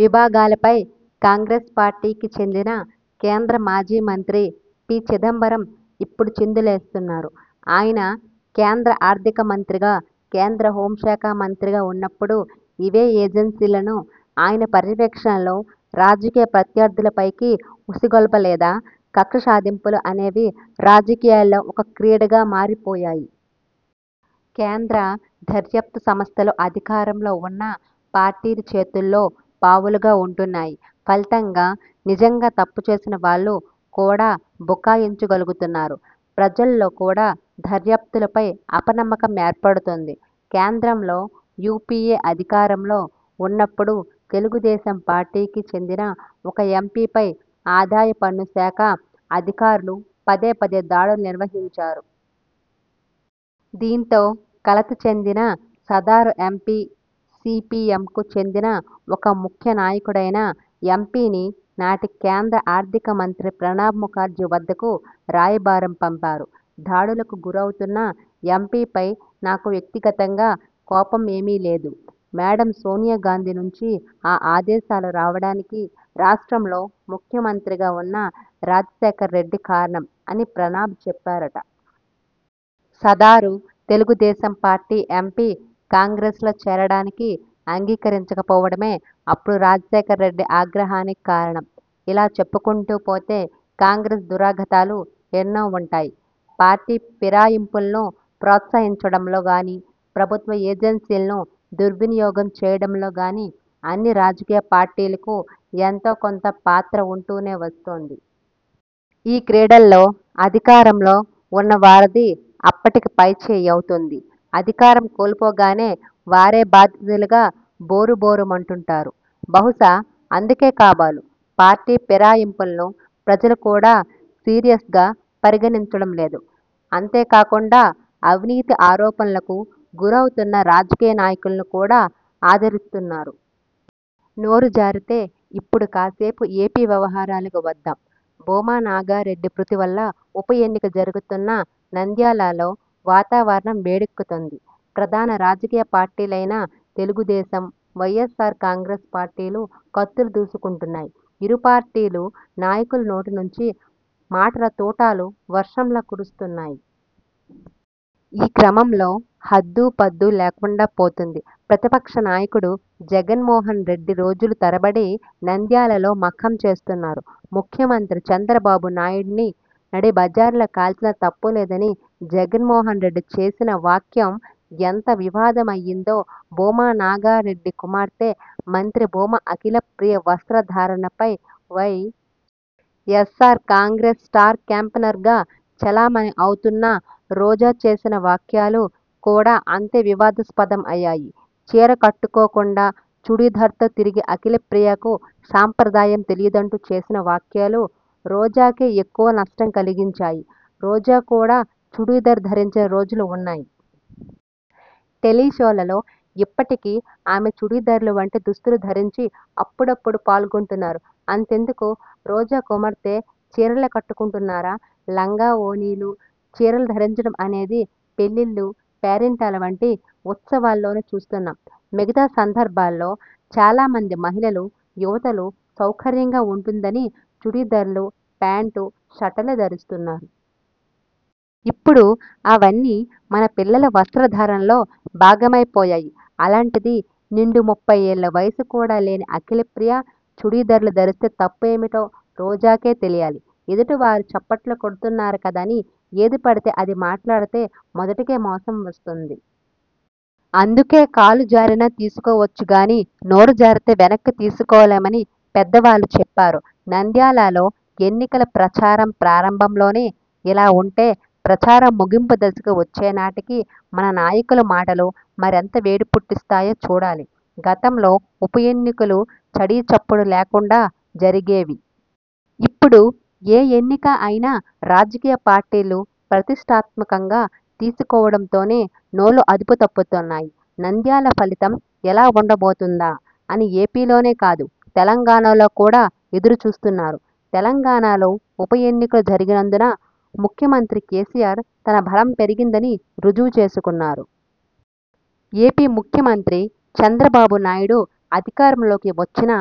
విభాగాలపై కాంగ్రెస్ పార్టీకి చెందిన కేంద్ర మాజీ మంత్రి పి. చిదంబరం ఇప్పుడు చిందు లేస్తున్నారు. ఆయన కేంద్ర ఆర్థిక మంత్రిగా, కేంద్ర హోం శాఖ మంత్రిగా ఉన్నప్పుడు ఇవే ఏజెన్సీలను ఆయన పర్యవేక్షణలో రాజకీయ ప్రత్యర్థులపైకి ఉసి గొల్పలేదా? కక్ష సాధింపులు అనేవి రాజకీయాలలో ఒక క్రీడగా మారి పోయాయి. కేంద్ర దర్యాప్తు సంస్థలు అధికారంలో ఉన్న పార్టీల చేతుల్లో పావులుగా ఉంటున్నాయి. ఫలితంగా నిజంగా తప్పుచేసిన వాళ్లు కూడా బుకాయించ గలుగుతున్నారు. ప్రజలలో కూడా దర్యాప్తులపై అప నమ్మకం ఏర్పడుతోంది. కేంద్రంలో యూపీఏ అధికారంలో ఉన్నప్పుడు తెలుగుదేశం పార్టీకి చెందిన ఒక ఎంపీ పై ఆదాయ పన్ను శాఖ అధికారులు పదే పదే దాడులు నిర్వహించారు. దీంతో కలత చెందిన సదరు ఎంపీ సీపీఎంకు చెందిన ఒక ముఖ్య నాయకుడైన ఎంపీని నాటి కేంద్ర ఆర్థిక మంత్రి ప్రణబ్ ముఖర్జీ వద్దకు రాయబారం పంపారు. ''దాడులకు గురవుతున్న ఎంపీ పై నాకు వ్యక్తి గతంగా కోపం ఏమీలేదు. మేడం సోనియా గాంధీ నుంచి ఆ ఆదేశాలు రావడానికి రాష్ట్రంలో ముఖ్యమంత్రిగా ఉన్న రాజశేఖర్రెడ్డి కారణం'' అని ప్రణబ్ చెప్పారట. సదరు తెలుగు దేశం పార్టీ ఎంపీ కాంగ్రెస్లో చేరడానికి అంగీకరించక పోవడమే అప్పుడు రాజశేఖర్రెడ్డి ఆగ్రహానికి కారణం! ఇలా చెప్పుకొంటూ పోతే కాంగ్రెస్ దురాగతాలు ఎన్నో ఉంటాయి. పార్టీ ఫిరాయింపులను ప్రోత్సహించడంలో గానీ, ప్రభుత్వ ఏజెన్సీలను దుర్వినియోగం చేయడంలో గానీ అన్ని రాజకీయ పార్టీలకు ఎంతో కొంత పాత్ర ఉంటూనే వస్తోంది. ఈ క్రీడలో అధికారం లో ఉన్నవారిది అప్పటికి పైచేయి అవుతుంది. అధికారం కోల్పోగానే వారే బాధితులుగా బోరుబోరు మంటుంటారు. బహుశా అందుకే కాబోలు పార్టీ ఫిరాయింపులను ప్రజలు కూడా సీరియస్గా పరిగణించడం లేదు. అంతే కాకుండా అవినీతి ఆరోపణలకు గురవుతున్న రాజకీయ నాయకులను కూడా ఆదరిస్తున్నారు. నోరు జారితే, ఇప్పుడు కాసేపు ఏపీ వ్యవహారాలకు వద్దాం. భూమా నాగిరెడ్డి మృతి వల్ల ఉప ఎన్నిక జరుగుతున్న నంద్యాలలో వాతావరణం వేడెక్కుతోంది. ప్రధాన రాజకీయ పార్టీలైన తెలుగు దేశం, వైఎస్ఆర్ కాంగ్రెస్ పార్టీలు కత్తులు దూసుకుంటున్నాయి. ఇరు పార్టీలు నాయకుల నోటి నుంచి మాటల తూటాలు వర్షంలా కురుస్తున్నాయి. ఈ క్రమంలో హద్దూ, పద్దూ లేకుండా పోతోంది. ప్రతిపక్ష నాయకుడు జగన్మోహన్రెడ్డి రోజుల తరబడి నంద్యాలలో మకాం చేస్తున్నారు. ముఖ్యమంత్రి చంద్రబాబు నాయుడిని నడి బజారులో కాల్చినా తప్పులేదని జగన్మోహన్రెడ్డి చేసిన వాఖ్య ఎంత వివాదం అయ్యిందో, భూమా నాగారెడ్డి కుమార్తె మంత్రి భూమా అఖిల ప్రియ వస్త్ర ధారణపై Y. S. R. Congress star క్యాంపెయినర్గా చలామణి అవుతున్న రోజా చేసిన వాక్యాలు కూడా అంతే వివాదాస్పదం అయ్యాయి. చీర కట్టు కోకుండా చుడీ దార్తో తిరిగే అఖిల ప్రియకు సంప్రదాయం తెలియ దంటూ చేసిన వాక్యాలు రోజాకే ఎక్కువ నష్టం కలిగించాయి. రోజా కూడా చుడీ దార్ ధరించిన రోజులు ఉన్నాయి. టెలీషోలలో ఇప్పటికీ ఆమె చుడీ దార్ల వంటి దుస్తులు ధరించి అప్పుడప్పుడు పాల్గొంటున్నారు. అంతెందుకు రోజా కుమార్తె చీరలే కట్టుకుంటున్నారా? లంగా, ఓణీలు, చీరలు ధరించడం అనేది పెళ్లిళ్లు, పేరంటాలు వంటి ఉత్సవాల లోనే చూస్తున్నాం. మిగతా సందర్భాలలో చాలా మంది మహిళలు, యువతులు సౌకర్యంగా ఉంటుందని చుడీ దార్లు, ప్యాంట్, షర్టులే ధరిస్తున్నారు. ఇప్పుడు అవన్నీ మన పిల్లల వస్త్ర ధారణలో భాగమై పోయాయి. అలాంటిది, నిండు ముప్పై ఏళ్ల వయసు కూడా లేని అఖిల ప్రియ చుడీ దార్లు ధరిస్తే తప్పు ఏమిటో రోజాకే తెలియాలి. ఎదుటి వారు చప్పట్లు కొడుతున్నారు కదా అని ఏది పడితే అది మాట్లాడితే మొదటికే మోసం వస్తుంది. అందుకే కాలు జారినా తీసుకోవచ్చు గానీ, నోరు జారితే వెనక్కు తీసుకోలేమని పెద్దవాళ్లు చెప్పారు. నంద్యాలలో ఎన్నికల ప్రచారం ప్రారంభం లోనే ఇలా ఉంటే ప్రచారం ముగింపు దశకు వచ్చే నాటికి మన నాయకుల మాటలు మరెంత వేడి పుట్టిస్తాయో చూడాలి. గతంలో ఉప ఎన్నికలు చడీ చప్పుడు లేకుండా జరిగేవి. ఇప్పుడు ఏ ఎన్నిక అయినా రాజకీయ పార్టీలు ప్రతిష్ఠాత్మకంగా తీసుకోవడం తోనే నోళ్లు అదుపు తప్పుతున్నాయి. నంద్యాల ఫలితం ఎలా ఉండ బోతుందా? అని ఏపీలోనే కాదు, తెలంగాణలో కూడా ఎదురు చూస్తున్నారు. తెలంగాణలో ఉప ఎన్నికలు జరిగినందున ముఖ్యమంత్రి కేసీఆర్ తన బలం పెరిగిందని రుజువు చేసుకున్నారు. ఏపీ ముఖ్యమంత్రి చంద్రబాబు నాయుడు అధికారం లోకి వచ్చిన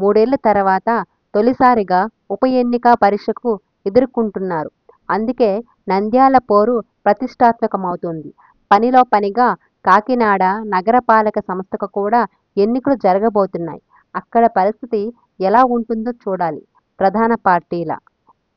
మూడేళ్ల తర్వాత తొలిసారిగా ఉప ఎన్నిక పరీక్షకు ఎదుర్కొంటున్నారు. అందుకే నంద్యాల పోరు ప్రతిష్ఠాత్మకం అవుతోంది. పనిలో పనిగా కాకినాడ నగర పాలక సంస్థకు కూడా ఎన్నికలు జరగబోతున్నాయి. అక్కడ పరిస్థితి ఎలా ఉంటుందో చూడాలి. ప్రధాన పార్టీల